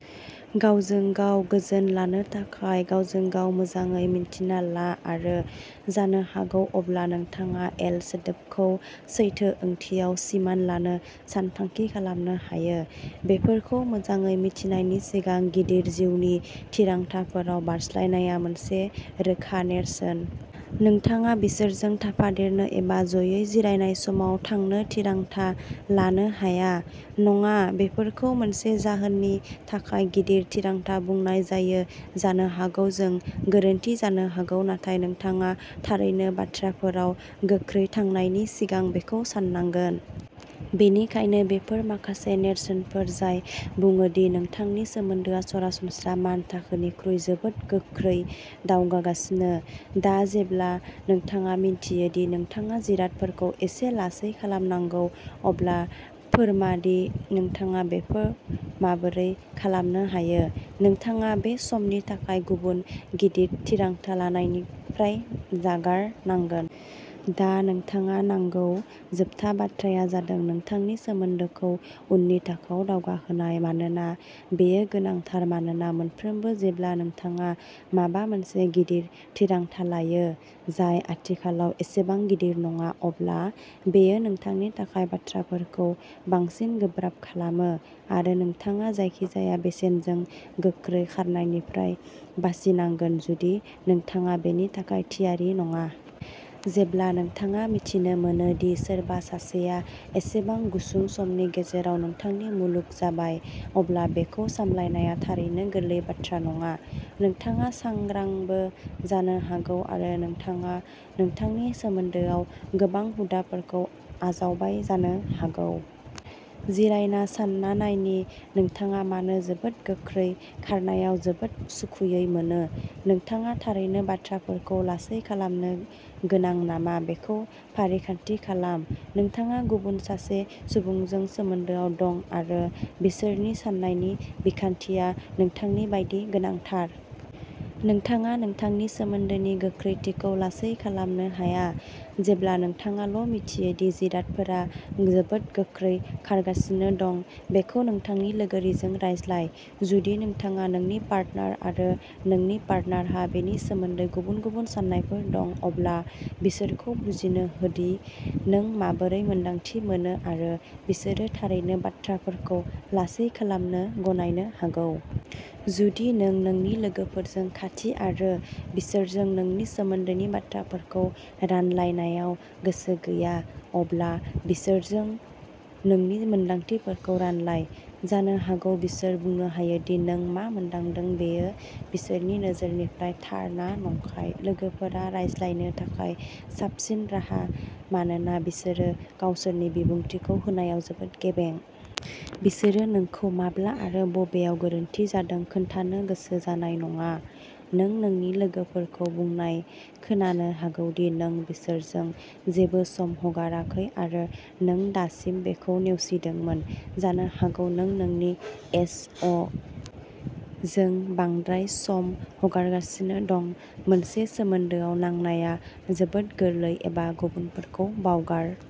गावजों गाव गोजोन लानो थाखाय, गावजों-गाव मोजाङै मिन्थिना ला आरो जानो हागौ अब्ला नोंथाङा एल सोदोबखौ सैथो ओंथियाव सिमान लानो सानथांखि खालामनो हायो। बेफोरखौ मोजाङै मिथिनायनि सिगां गिदिर जिउनि थिरांथाफोराव बारस्लायनाया मोनसे रोखा नेरसोन। नोंथाङा बिसोरजों थाफादेरनो एबा जयै जिरायनाय समाव थांनो थिरांथा लानो हाया। नङा, बेफोरखौ मोनसे जाहोननि थाखाय गिदिर थिरांथा बुंनाय जायो। जानो हागौ जों गोरोन्थि जानो हागौ नाथाय नोंथाङा थारैनो बाथ्राफोराव गोख्रै थांनायनि सिगां बेखौ साननांगोन। बेनिखायनो बेफोर माखासे नेरसोनफोर जाय बुङोदि नोंथांनि सोमोन्दोआ सरासनस्रा मानथाखोनिख्रुइ जोबोद गोख्रै दावगागासिनो। दा जेब्ला नोंथाङा मिन्थियो दि नोंथाङा जिरादफोरखौ एसे लासै खालामनांगौ, अब्ला फोरमादि नोंथाङा बेखौ माबोरै खालामनो हायो। नोंथाङा बे समनि थाखाय गुबुन गिदिर थिरांथा लानायनिफ्राय जागारनांगोन। दा नोंथाङा नांगौ जोबथा बाथ्राया जादों नोंथांनि सोमोन्दोखौ उननि थाखोआव दावगाहोनाय। मानोना बेयो गोनांथार मानोना मोनफ्रोमबो जेब्ला नोंथाङा माबा मोनसे गिदिर थिरांथा लायो, जाय आथिखालाव एसेबां गिदिर नङा, अब्ला बेयो नोंथांनि थाखाय बाथ्राफोरखौ बांसिन गोब्राब खालामो आरो नोंथाङा जायखिजाया बेसेनजों गोख्रै खारनायनिफ्राय बासिनांगोन, जुदि नोंथाङा बेनि थाखाय थियारि नङा। जेब्ला नोंथाङा मिथिनो मोनोदि सोरबा सासेआ एसेबां गुसुं समनि गेजेराव नोंथांनि मुलुग जाबाय, अब्ला बेखौ सामलायनाया थारैनो गोरलै बाथ्रा नङा। नोंथाङा सांग्रांबो जानो हागौ आरो नोंथाङा नोंथांनि सोमोन्दोआव गोबां हुदाफोरखौ आजावबाय जानो हागौ। जिरायना सानना नायदि नोंथाङा मानो जोबोद गोख्रै खारनायाव जोबोद सुखुयै मोनो, नोंथाङा थारैनो बाथ्राफोरखौ लासै खालामनो गोनां नामा बेखौ फारिखान्थि खालाम। नोंथाङा गुबुन सासे सुबुंजों सोमोन्दोआव दं आरो बिसोरनि साननायनि बिखान्थिया नोंथांनि बायदि गोनांथार। नोंथाङा नोंथांनि सोमोन्दोनि गोख्रैथिखौ लासै खालामनो हाया, जेब्ला नोंथाङाल' मिथियो दि जिरादफोरा जोबोद गोख्रै खारगासिनो दं। बेखौ नोंथांनि लोगोरिजों रायज्लाय। जुदि नोंथाङा नोंनि पार्टनार आरो नोंनि पार्टनारहा बेनि सोमोन्दै गुबुन गुबुन साननायफोर दं, अब्ला बिसोरखौ बुजिनो होदि नों माबोरै मोन्दांथि मोनो आरो बिसोरो थारैनो बाथ्राफोरखौ लासै खालामनो गनायनो हागौ। जुदि नों नोंनि लोगोफोरजों खाथि आरो बिसोरजों नोंनि सोमोन्दोनि बाथ्राफोरखौ रानलायनायाव गोसो गैया, अब्ला बिसोरजों नोंनि मोन्दांथिफोरखौ रानलाय। जानो हागौ बिसोर बुंनो हायोदि नों मा मोनदांदों बेयो बिसोरनि नोजोरनिफ्राय थार ना नंखाय। लोगोफोरा रायज्लायनो थाखाय साबसिन राहा मानोना बिसोरो गावसोरनि बिबुंथिखौ होनायाव जोबोद गेबें। बिसोरो नोंखौ माब्ला आरो बबेयाव गोरोन्थि जादों खोन्थानो गोसो जानाय नङा। नों नोंनि लोगोफोरखौ बुंनाय खोनानो हागौदि नों बिसोरजों जेबो सम हगाराखै आरो नों दासिम बेखौ नेवसिदोंमोन। जानो हागौ नों नोंनि एस. अ. जों बांद्राय सम हगारगासिनो दं। मोनसे सोमोन्दोआव नांनाया जोबोद गोरलै आरो गुबुनफोरखौ बावगार।